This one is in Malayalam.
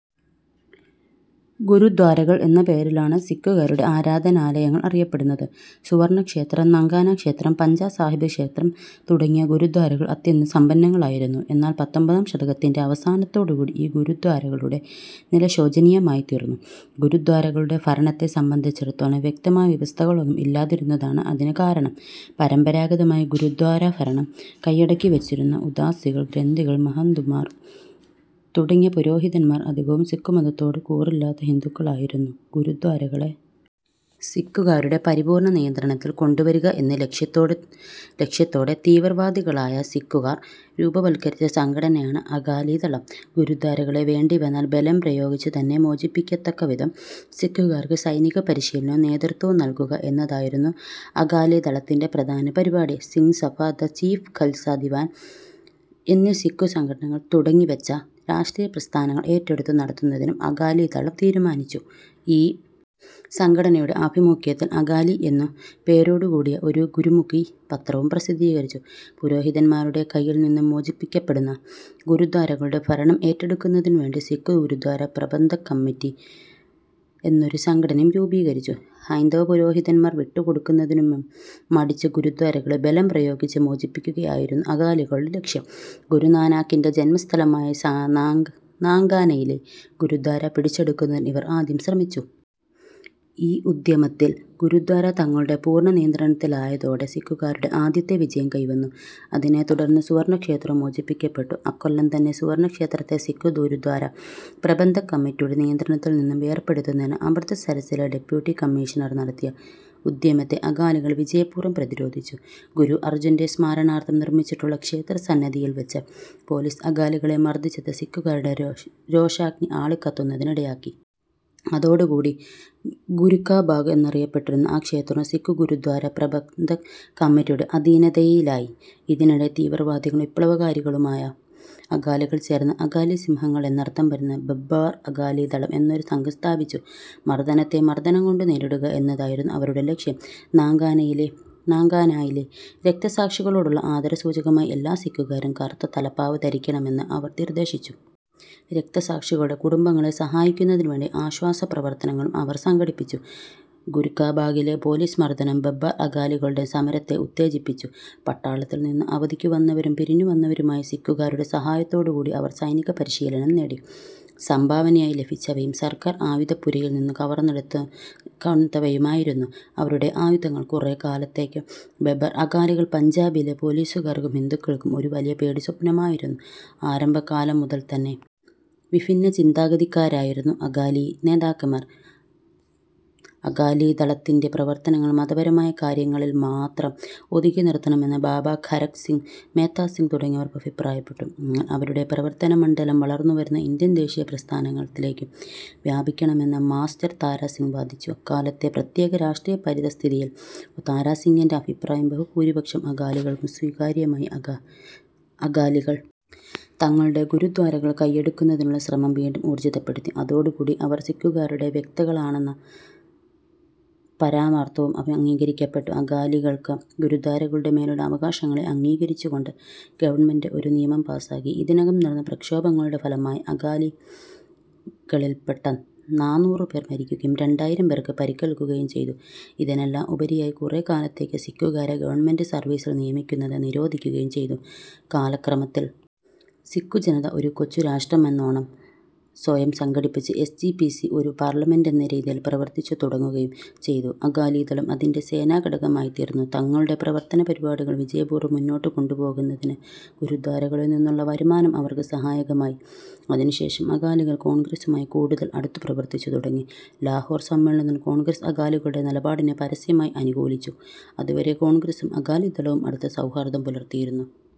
ഗുരുദ്വാരകൾ എന്ന പേരിലാണ് സിക്കുകാരുടെ ആരാധനാലയങ്ങൾ അറിയപ്പെടുന്നത്. സുവർണക്ഷേത്രം, നാങ്കാനാ ക്ഷേത്രം, പഞ്ചാ സാഹിബ് ക്ഷേത്രം തുടങ്ങിയ ഗുരുദ്വാരകൾ അത്യന്തം സമ്പന്നങ്ങളായിരുന്നു. എന്നാൽ പത്തൊൻപതാം ശതകത്തിൻ്റെ അവസാനത്തോടുകൂടി ഈ ഗുരുദ്വാരകളുടെ നില ശോചനീയമായിത്തീർന്നു. ഗുരുദ്വാരകളുടെ ഭരണത്തെ സംബന്ധിച്ചിടത്തോളം വ്യക്തമായ വ്യവസ്ഥകളൊന്നും ഇല്ലാതിരുന്നതാണ് അതിന് കാരണം. പരമ്പരാഗതമായി ഗുരുദ്വാരാഭരണം കൈയടക്കിവച്ചിരുന്ന ഉദാസികൾ, ഗ്രന്ഥികൾ, മഹന്തുമാർ തുടങ്ങിയ പുരോഹിതന്മാർ അധികവും സിക്കുമതത്തോട് കൂറില്ലാത്ത ഹിന്ദുക്കളായിരുന്നു. ഗുരുദ്വാരകളെ സിക്കുകാരുടെ പരിപൂർണ നിയന്ത്രണത്തിൽ കൊണ്ടുവരിക എന്ന ലക്ഷ്യത്തോടെ തീവ്രവാദികളായ സിക്കുകാർ രൂപവത്കരിച്ച സംഘടനയാണ് അകാലിദളം. ഗുരുദ്വാരകളെ വേണ്ടിവന്നാൽ ബലം പ്രയോഗിച്ചുതന്നെ മോചിപ്പിക്കത്തക്കവിധം സിക്കുകാർക്ക് സൈനികപരിശീലനവും നേതൃത്വവും നൽകുക എന്നതായിരുന്നു അകാലിദളത്തിൻ്റെ പ്രധാന പരിപാടി. സിങ് സഭ, ദ ചീഫ് ഖൽസാ ദിവാൻ എന്നീ സിക്കു സംഘടനകൾ തുടങ്ങിവച്ച രാഷ്ട്രീയ പ്രസ്ഥാനങ്ങൾ ഏറ്റെടുത്തു നടത്തുന്നതിനും അകാലിദളം തീരുമാനിച്ചു.ഈ സംഘടനയുടെ ആഭിമുഖ്യത്തിൽ അകാലി എന്നു പേരോടുകൂടിയ ഒരു ഗുരുമുഖി പത്രവും പ്രസിദ്ധീകരിച്ചു. പുരോഹിതന്മാരുടെ കൈയിൽനിന്നും മോചിപ്പിക്കപ്പെടുന്ന ഗുരുദ്വാരകളുടെ ഭരണം ഏറ്റെടുക്കുന്നതിനുവേണ്ടി സിക്കു ഗുരുദ്വാര പ്രബന്ധക് കമ്മിറ്റി എന്നൊരു സംഘടനയും രൂപീകരിച്ചു. ഹൈന്ദവപുരോഹിതന്മാർ വിട്ടുകൊടുക്കുന്നതിനു മടിച്ച ഗുരുദ്വാരകളെ ബലംപ്രയോഗിച്ച് മോചിപ്പിക്കുക ആയിരുന്നു അകാലികളുടെ ലക്ഷ്യം. ഗുരുനാനാക്കിൻ്റെ ജന്മസ്ഥലമായ നാങ്കാനയിലെ ഗുരുദ്വാര പിടിച്ചെടുക്കുന്നതിന് ഇവർ ആദ്യം ശ്രമിച്ചു. ഈ ഉദ്യമത്തിൽ ഗുരുദ്വാര തങ്ങളുടെ പൂർണനിയന്ത്രണത്തിലായതോടെ സിക്കുകാരുടെ ആദ്യത്തെ വിജയം കൈവന്നു. അതിനെ തുടർന്ന് സുവർണക്ഷേത്രവും മോചിപ്പിക്കപ്പെട്ടു. അക്കൊല്ലംതന്നെ സുവർണക്ഷേത്രത്തെ സിക്കു ഗുരുദ്വാര പ്രബന്ധക് കമ്മിറ്റിയുടെ നിയന്ത്രണത്തിൽനിന്നും വേർപെടുത്തുന്നതിന് അമൃതസരസ്സിലെ ഡെപ്യൂട്ടി കമ്മീഷണർ നടത്തിയ ഉദ്യമത്തെ അകാലികൾ വിജയപൂർവം പ്രതിരോധിച്ചു. ഗുരു അർജുൻ്റെ സ്മരണാർഥം നിർമിച്ചിട്ടുള്ള ക്ഷേത്രസന്നിധിയിൽ വച്ച് പൊലീസ് അകാലികളെ മർദിച്ചത് സിക്കുകാരുടെ രോഷാഗ്നി ആളിക്കത്തുന്നതിന് ഇടയാക്കി. അതോടുകൂടി ഗുരുകാബാഗ് എന്നറിയപ്പെട്ടിരുന്ന ആ ക്ഷേത്രവും സിക്കു ഗുരുദ്വാര പ്രബന്ധക് കമ്മിറ്റിയുടെ അധീനതയിലായി. ഇതിനിടയിൽ തീവ്രവാദികളും വിപ്ലവകാരികളുമായ അകാലികൾ ചേർന്ന് അകാലി സിംഹങ്ങൾ എന്നർഥം വരുന്ന ബബ്ബാർ അകാലിദളം എന്നൊരു സംഘം സ്ഥാപിച്ചു. മർദനത്തെ മർദനംകൊണ്ടു നേരിടുക എന്നതായിരുന്നു അവരുടെ ലക്ഷ്യം. നാങ്കാനായിലെ രക്തസാക്ഷികളോടുള്ള ആദരസൂചകമായി എല്ലാ സിക്കുകാരും കറുത്ത തലപ്പാവ് ധരിക്കണമെന്ന് അവർ നിർദ്ദേശിച്ചു. രക്തസാക്ഷികളുടെ കുടുംബങ്ങളെ സഹായിക്കുന്നതിനുവേണ്ടി ആശ്വാസപ്രവർത്തനങ്ങളും അവർ സംഘടിപ്പിച്ചു. ഗുരുകാബാഗിലെ പൊലീസ് മർദനം ബബ്ബാർ അകാലികളുടെ സമരത്തെ ഉത്തേജിപ്പിച്ചു. പട്ടാളത്തിൽ നിന്ന് അവധിക്കു വന്നവരും പിരിഞ്ഞുവന്നവരുമായ സിക്കുകാരുടെ സഹായത്തോടുകൂടി അവർ സൈനിക പരിശീലനം നേടി. സംഭാവനയായി ലഭിച്ചവയും സർക്കാർ ആയുധപ്പുരകളിൽനിന്നു കവർന്നെടുത്തവയുമായിരുന്നു അവരുടെ ആയുധങ്ങൾ. കുറെക്കാലത്തേക്ക് ബബ്ബാർ അകാലികൾ പഞ്ചാബിലെ പൊലീസുകാർക്കും ഹിന്ദുക്കൾക്കും ഒരു വലിയ പേടിസ്വപ്നമായിരുന്നു. ആരംഭകാലംമുതൽതന്നെ വിഭിന്ന ചിന്താഗതിക്കാരായിരുന്നു അകാലി നേതാക്കന്മാർ. അകാലിദളത്തിൻ്റെ പ്രവർത്തനങ്ങൾ മതപരമായ കാര്യങ്ങളിൽ മാത്രം ഒതുക്കിനിർത്തണമെന്ന് ബാബാ ഖരക് സിങ്, മേത്താ സിങ് തുടങ്ങിയവർ അഭിപ്രായപ്പെട്ടു. എന്നാൽ അവരുടെ പ്രവർത്തനമണ്ഡലം വളർന്നുവരുന്ന ഇന്ത്യൻ ദേശീയ പ്രസ്ഥാനത്തിലേക്കും വ്യാപിപ്പിക്കണമെന്ന് മാസ്റ്റർ താരാ സിങ് വാദിച്ചു. അക്കാലത്തെ പ്രത്യേക രാഷ്ട്രീയ പരിതഃസ്ഥിതിയിൽ താരാ സിങ്ങിൻ്റെ അഭിപ്രായം ബഹുഭൂരിപക്ഷം അകാലികൾക്കും സ്വീകാര്യമായി. അകാലികൾ തങ്ങളുടെ ഗുരുദ്വാരകൾ കൈയടക്കുന്നതിനുള്ള ശ്രമം വീണ്ടും ഊർജിതപ്പെടുത്തി. അതോടുകൂടി അവർ സിക്കുകാരുടെ വക്താക്കളാണെന്ന പരമാർഥവും അംഗീകരിക്കപ്പെട്ടു. അകാലികൾക്ക് ഗുരുദ്വാരകളുടെ മേലുള്ള അവകാശങ്ങളെ അംഗീകരിച്ചുകൊണ്ട് ഗവൺമെന്റ് ഒരു നിയമം പാസാക്കി. ഇതിനകം നടന്ന പ്രക്ഷോഭങ്ങളുടെ ഫലമായി അകാലികളിൽപ്പെട്ട നാനൂറുപേർ മരിക്കുകയും രണ്ടായിരം പേർക്ക് പരിക്കേൽക്കുകയും ചെയ്തു. ഇതിനെല്ലാം ഉപരിയായി കുറെക്കാലത്തേക്ക് സിക്കുകാരെ ഗവൺമെന്റ് സർവീസിൽ നിയമിക്കുന്നത് നിരോധിക്കുകയും ചെയ്തു. കാലക്രമത്തിൽ സിക്കുജനത ഒരു കൊച്ചു രാഷ്ട്രമെന്നോണം സ്വയം സംഘടിച്ച്, എസ്. ജി. പി. സി. ഒരു പാർലമെന്റ് എന്ന രീതിയിൽ പ്രവർത്തിച്ചുതുടങ്ങുകയും ചെയ്തു. അകാലിദളം അതിൻ്റെ സേനാഘടകമായിത്തീർന്നു. തങ്ങളുടെ പ്രവർത്തനപരിപാടികൾ വിജയപൂർവം മുന്നോട്ടുകൊണ്ടുപോകുന്നതിന് ഗുരുദ്വാരകളിൽനിന്നുള്ള വരുമാനം അവർക്ക് സഹായകമായി. അതിനുശേഷം അകാലികൾ കോൺഗ്രസ്സുമായി കൂടുതൽ അടുത്തുപ്രവർത്തിച്ചു തുടങ്ങി. ലാഹോർ സമ്മേളനത്തിൽ കോൺഗ്രസ് അകാലികളുടെ നിലപാടിനെ പരസ്യമായി അനുകൂലിച്ചു. അതുവരെ കോൺഗ്രസ്സും അകാലിദളവും അടുത്ത സൗഹാർദം പുലർത്തിയിരുന്നു.